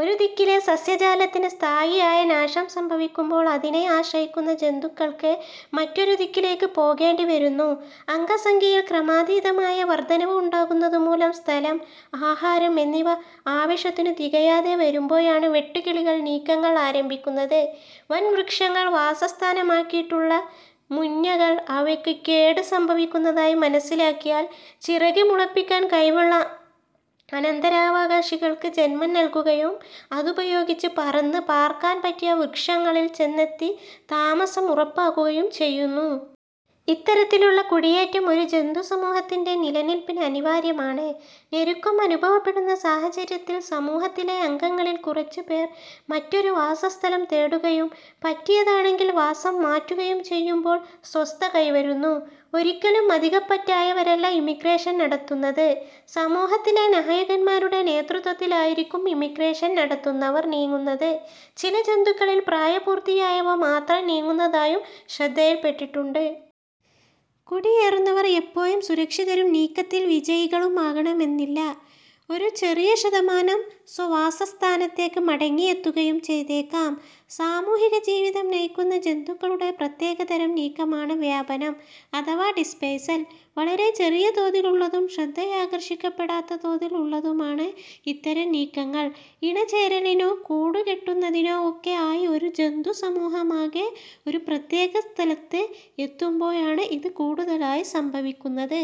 ഒരു ദിക്കിലെ സസ്യജാലത്തിന് സ്ഥായിയായ നാശം സംഭവിക്കുമ്പോൾ അതിനെ ആശ്രയിക്കുന്ന ജന്തുക്കൾക്ക് മറ്റൊരു ദിക്കിലേക്ക് പോകേണ്ടിവരുന്നു. അംഗസംഖ്യയിൽ ക്രമാതീതമായ വർധനവ് ഉണ്ടാകുന്നതുമൂലം സ്ഥലം, ആഹാരം എന്നിവ ആവശ്യത്തിനു തികയാതെ വരുമ്പോഴാണ് വെട്ടുകിളികൾ നീക്കങ്ങൾ ആരംഭിക്കുന്നത്. വൻ വൃക്ഷങ്ങൾ വാസസ്ഥാനമാക്കിയിട്ടുള്ള മുഞ്ഞകൾ അവയ്ക്ക് കേട് സംഭവിക്കുന്നതായി മനസ്സിലാക്കിയാൽ ചിറക് മുളപ്പിക്കാൻ കഴിവുള്ള അനന്തരാവകാശികൾക്ക് ജന്മം നല്കുകയും അതുപയോഗിച്ച് പറന്ന് പാർക്കാൻ പറ്റിയ വൃക്ഷങ്ങളിൽ ചെന്നെത്തി താമസം ഉറപ്പാക്കുകയും ചെയ്യുന്നു. ഇത്തരത്തിലുള്ള കുടിയേറ്റം ഒരു ജന്തുസമൂഹത്തിന്റെ നിലനില്പിന് അനിവാര്യമാണ്. ഞെരുക്കം അനുഭവപ്പെടുന്ന സാഹചര്യത്തിൽ സമൂഹത്തിലെ അംഗങ്ങളിൽ കുറച്ചുപേർ മറ്റൊരു വാസസ്ഥലം തേടുകയും, പറ്റിയതാണെങ്കിൽ വാസം മാറ്റുകയും ചെയ്യുമ്പോൾ സ്വസ്ഥത കൈവരുന്നു. ഒരിക്കലും അധികപ്പറ്റായവരല്ല ഇമിഗ്രേഷൻ നടത്തുന്നത്. സമൂഹത്തിലെ നായകന്മാരുടെ നേതൃത്വത്തിലായിരിക്കും ഇമിഗ്രേഷൻ നടത്തുന്നവർ നീങ്ങുന്നത്. ചില ജന്തുക്കളിൽ പ്രായപൂർത്തിയായവ മാത്രം നീങ്ങുന്നതായും ശ്രദ്ധയിൽപ്പെട്ടിട്ടുണ്ട്. കുടിയേറുന്നവർ എപ്പോഴും സുരക്ഷിതരും നീക്കത്തിൽ വിജയികളും ആകണമെന്നില്ല. ഒരു ചെറിയ ശതമാനം സ്വവാസസ്ഥാനത്തേക്ക് മടങ്ങിയെത്തുകയും ചെയ്തേക്കാം. സാമൂഹികജീവിതം നയിക്കുന്ന ജന്തുക്കളുടെ പ്രത്യേകതരം നീക്കമാണ് വ്യാപനം അഥവാ ഡിസ്പേഴ്സൽ. വളരെ ചെറിയ തോതിലുള്ളതും ശ്രദ്ധയാകർഷിക്കപ്പെടാത്ത തോതിൽ ഉള്ളതുമാണ് ഇത്തരം നീക്കങ്ങൾ. ഇണചേരലിനോ കൂടുകെട്ടുന്നതിനോ ഒക്കെ ആയി ഒരു ജന്തുസമൂഹമാകെ ഒരു പ്രത്യേക സ്ഥലത്ത് എത്തുമ്പോഴാണ് ഇത് കൂടുതലായി സംഭവിക്കുന്നത്.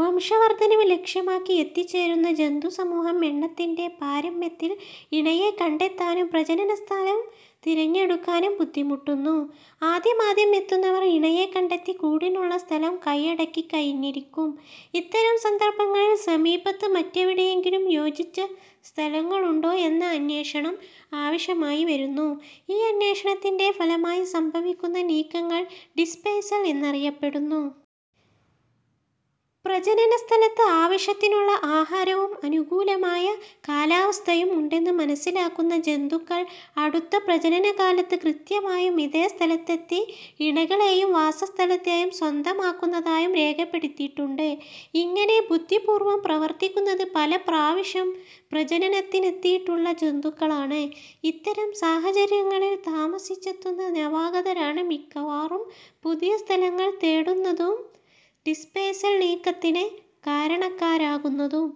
വംശവർധനവ് ലക്ഷ്യമാക്കി എത്തിച്ചേരുന്ന ജന്തുസമൂഹം എണ്ണത്തിന്റെ പാരമ്യത്തിൽ ഇണയെ കണ്ടെത്താനും പ്രജനനസ്ഥലം തിരഞ്ഞെടുക്കാനും ബുദ്ധിമുട്ടുന്നു. ആദ്യമാദ്യം എത്തുന്നവർ ഇണയെ കണ്ടെത്തി കൂടിനുള്ള സ്ഥലം കയ്യടക്കിക്കഴിഞ്ഞിരിക്കും. ഇത്തരം സന്ദർഭങ്ങളിൽ സമീപത്ത് മറ്റെവിടെയെങ്കിലും യോജിച്ച സ്ഥലങ്ങളുണ്ടോ എന്ന അന്വേഷണം ആവശ്യമായിവരുന്നു. ഈ അന്വേഷണത്തിന്റെ ഫലമായി സംഭവിക്കുന്ന നീക്കങ്ങൾ ഡിസ്പേഴ്സൽ എന്നറിയപ്പെടുന്നു. പ്രജനനസ്ഥലത്ത് ആവശ്യത്തിനുള്ള ആഹാരവും അനുകൂലമായ കാലാവസ്ഥയും ഉണ്ടെന്നു മനസ്സിലാക്കുന്ന ജന്തുക്കൾ അടുത്ത പ്രജനനകാലത്ത് കൃത്യമായും ഇതേ സ്ഥലത്തെത്തി ഇണകളെയും വാസസ്ഥലത്തെയും സ്വന്തമാക്കുന്നതായും രേഖപ്പെടുത്തിയിട്ടുണ്ട്. ഇങ്ങനെ ബുദ്ധിപൂർവം പ്രവർത്തിക്കുന്നത് പല പ്രാവശ്യം പ്രജനനത്തിനെത്തിയിട്ടുള്ള ജന്തുക്കളാണ്. ഇത്തരം സാഹചര്യങ്ങളിൽ താമസിച്ചെത്തുന്ന നവാഗതരാണ് മിക്കവാറും പുതിയ സ്ഥലങ്ങൾ തേടുന്നതും ഡിസ്പേഴ്സൽ നീക്കത്തിന് കാരണക്കാരാകുന്നതും.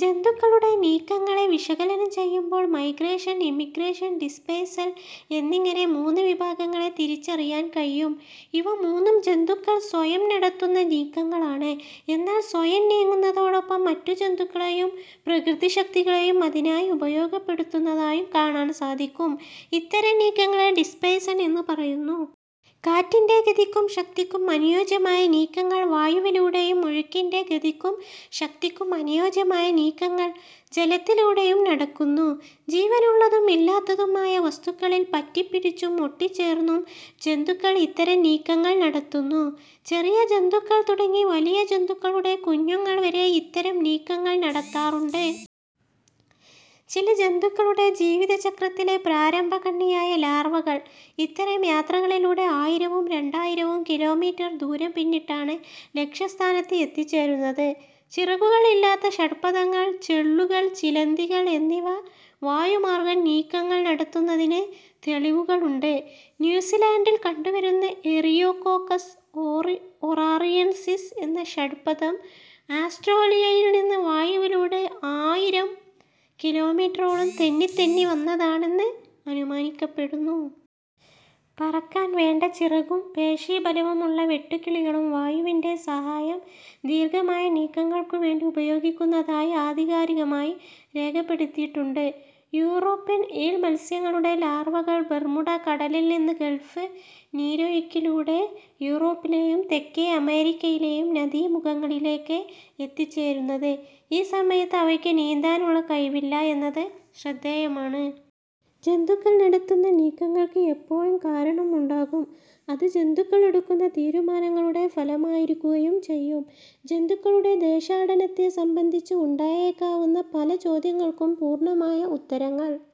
ജന്തുക്കളുടെ നീക്കങ്ങളെ വിശകലനം ചെയ്യുമ്പോൾ മൈഗ്രേഷൻ, ഇമിഗ്രേഷൻ, ഡിസ്പേഴ്സൽ എന്നിങ്ങനെ മൂന്ന് വിഭാഗങ്ങളെ തിരിച്ചറിയാൻ കഴിയും. ഇവ മൂന്നും ജന്തുക്കൾ സ്വയം നടത്തുന്ന നീക്കങ്ങളാണ്. എന്നാൽ സ്വയം നീങ്ങുന്നതോടൊപ്പം മറ്റു ജന്തുക്കളെയും പ്രകൃതിശക്തികളെയും അതിനായി ഉപയോഗപ്പെടുത്തുന്നതായും കാണാൻ സാധിക്കും. ഇത്തരം നീക്കങ്ങളെ ഡിസ്പേർസൺ എന്നു പറയുന്നു. കാറ്റിന്റെ ഗതിക്കും ശക്തിക്കും അനുയോജ്യമായ നീക്കങ്ങൾ വായുവിലൂടെയും, ഒഴുക്കിന്റെ ഗതിക്കും ശക്തിക്കും അനുയോജ്യമായ നീക്കങ്ങൾ ജലത്തിലൂടെയും നടക്കുന്നു. ജീവനുള്ളതും ഇല്ലാത്തതും ആയ വസ്തുക്കളിൽ പറ്റിപ്പിടിച്ചും ഒട്ടിച്ചേർന്നും ജന്തുക്കൾ ഇത്തരം നീക്കങ്ങൾ നടത്തുന്നു. ചെറിയ ജന്തുക്കൾ തുടങ്ങി വലിയ ജന്തുക്കളുടെ കുഞ്ഞുങ്ങൾ വരെ ഇത്തരം നീക്കങ്ങൾ നടത്താറുണ്ട്. ചില ജന്തുക്കളുടെ ജീവിതചക്രത്തിലെ പ്രാരംഭകണ്ണിയായ 'ലാർവകൾ' ഇത്തരം യാത്രകളിലൂടെ ആയിരവും രണ്ടായിരവും കിലോമീറ്റർ ദൂരം പിന്നിട്ടാണ് ലക്ഷ്യസ്ഥാനത്ത് എത്തിച്ചേരുന്നത്. ചിറകുകൾ ഇല്ലാത്ത ഷഡ്പദങ്ങൾ, ചെള്ളുകൾ, ചിലന്തികൾ എന്നിവ വായുമാർഗ്ഗം നീക്കങ്ങൾ നടത്തുന്നതിന് തെളിവുകളുണ്ട്. ന്യൂസിലൻഡിൽ കണ്ടുവരുന്ന എറിയോകോക്കസ് ഒ ഒറാറിയൻസിസ് എന്ന ഷഡ്പദം ആസ്റ്റ്രേലിയയിൽനിന്ന് വായുവിലൂടെ ആയിരം കിലോമീറ്ററോളം തെന്നിത്തെന്നി വന്നതാണെന്ന് അനുമാനിക്കപ്പെടുന്നു. പറക്കാൻവേണ്ട ചിറകും പേശീ ബലവും ഉള്ള വെട്ടുകിളികളും വായുവിന്റെ സഹായം ദീർഘമായ നീക്കങ്ങൾക്കുവേണ്ടി ഉപയോഗിക്കുന്നതായി ആധികാരികമായി രേഖപ്പെടുത്തിയിട്ടുണ്ട്. യൂറോപ്യൻ ഈൽ മത്സ്യങ്ങളുടെ ലാർവകൾ ബെർമുഡ കടലിൽനിന്ന് ഗൾഫ് നീരൊഴിക്കിലൂടെ യൂറോപ്പിലെയും തെക്കേ അമേരിക്കയിലെയും നദീമുഖങ്ങളിലേക്ക് എത്തിച്ചേരുന്നത്. ഈ സമയത്ത് അവയ്ക്ക് നീന്താനുള്ള കഴിവില്ല എന്നത് ശ്രദ്ധേയമാണ്. ജന്തുക്കൾ നടത്തുന്ന നീക്കങ്ങൾക്ക് എപ്പോഴും കാരണം ഉണ്ടാകും; അത് ജന്തുക്കളെടുക്കുന്ന തീരുമാനങ്ങളുടെ ഫലമായിരിക്കുകയും ചെയ്യും. ജന്തുക്കളുടെ ദേശാടനത്തെ സംബന്ധിച്ച് ഉണ്ടായേക്കാവുന്ന പല ചോദ്യങ്ങൾക്കും പൂർണമായ ഉത്തരങ്ങൾ